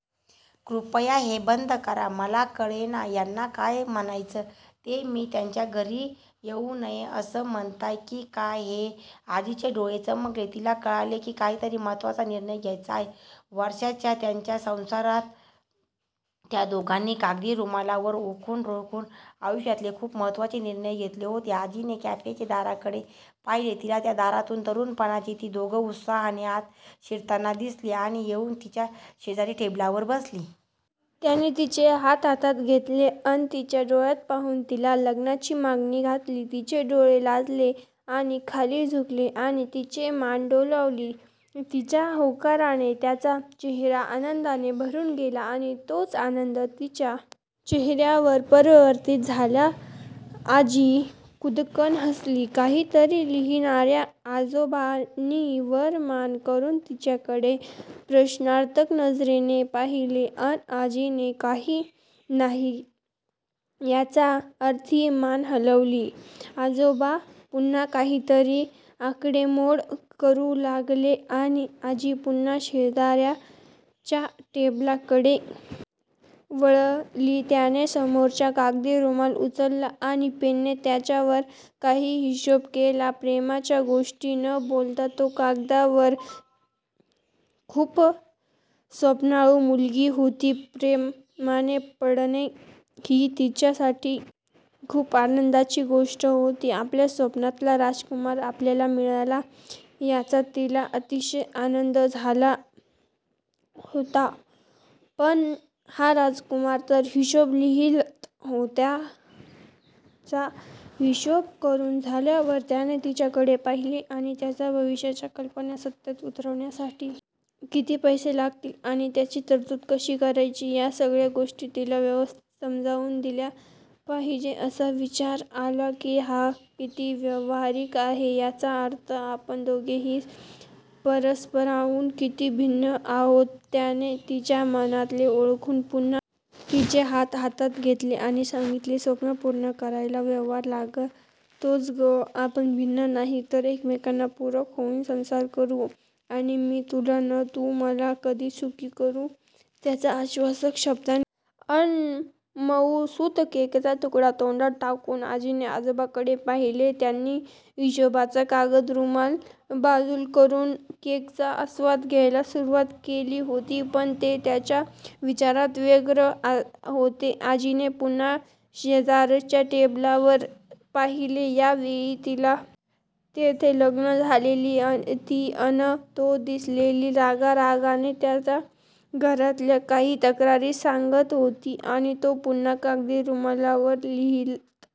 कृपया हे बंद करा. "मला कळेना ह्यांना काय म्हणायचय ते. मी त्यांच्या घरी येऊ नये असं म्हणत आहे कि काय हे?. आजीचे डोळे चमकले, तिला कळले कि काहीतरी महत्वाचा निर्णय घ्यायचा आहे, वर्षाच्या त्यांच्या संसारात त्या दोघांनी कागदी रुमालावर आखून रेखून आयुष्यातले खूप महत्वाचे निर्णय घेतले होतेआजी ने कॅफेच्या दाराकडे पाहिले, तिला त्या दारातून तरुणपणीची ती दोघं उत्साहाने आत शिरताना दिसलीआणि येउन त्यांच्या शेजारच्या टेबलवर बसली.. त्याने तिचे हात हातात घेतले अन तिच्या डोळ्यात पाहून तिला लग्नाची मागणी घातली, तिचे डोळे लाजेने खाली झुकले आणि तिने मान डोलावली, तिच्या होकाराने त्याचा चेहेरा आनंदाने भरून गेला आणि तोच आनंद तिच्या चेहेऱ्यावर परावर्तित झालाआजी खुदकन हसली, काहीतरी लिहिणाऱ्या आजोबांनी वर मान करून तिच्याकडे प्रश्नार्थक नजरेने पाहिले, अन आजीने काही नाही या अर्थी मान हलवली, आजोबा पुन्हा काहीतरी आकडेमोड करू लागलेआणि आजी पुन्हा शेजारच्या टेबलकडे वळलीत्याने समोरचा कागदी रुमाल उचलला आणि पेनने त्यावर काही हिशोब केला, प्रेमाच्या गोष्टी न बोलता तो कागदावर हिशोब का लिहित बसला हेच तिला कळेना, ती खूप स्वप्नाळू मुलगी होती, प्रेमात पडणे ही तिच्यासाठी खूप आनंदाची गोष्ट होती, आपल्या स्वप्नातला राजकुमार आपल्याला मिळाला याचा तिला अतिशय आनंद झाला होतापण हा राजकुमार तर हिशोब लिहित होतात्याचा हिशोब करून झाल्यावर त्याने तिच्याकडे पाहिले आणि त्यांच्या भविष्याच्या कल्पना सत्यात उतरवण्यासाठी किती पैसे लागतील आणि त्याची तरतूद कशी करायची या सगळ्या गोष्टी तिला व्यवस्थित समजावून दिल्यापहिला विचार आला कि "हा किती व्यवहारी आहे"याचा अर्थ आपण दोघेही परस्परांहून किती भिन्न आहोतत्याने तिच्या मनातले ओळखून पुन्हा तिचे हात हातात घेतले आणि सांगितले," स्वप्न पूर्ण करायला व्यवहार लागतोच ग, आपण भिन्न नाही तर एकमेकांना पूरक होऊन संसार करू, आणि मी तुला न तू मला खूप सुखी करू" त्याच्या आश्वासक शब्दांनी अन मऊसुत केकचा तुकडा तोंडात टाकून आजीने आजोबांकडे पाहिले, त्यांनी हिशोबाचा कागदी रुमाल बाजूला करून केकचा आस्वाद घ्यायला सुरुवात केली होती पण ते त्यांच्या विचारात व्यग्र होतेआजीने पुन्हा शेजारच्या टेबलवर पाहिले, यावेळी तिला तेथे लग्न झालेली ती अन तो दिसलेती रागारागाने त्याला घरातल्या काही तक्रारी सांगत होती आणि तो पुन्हा कागदी रुमालावर लिहित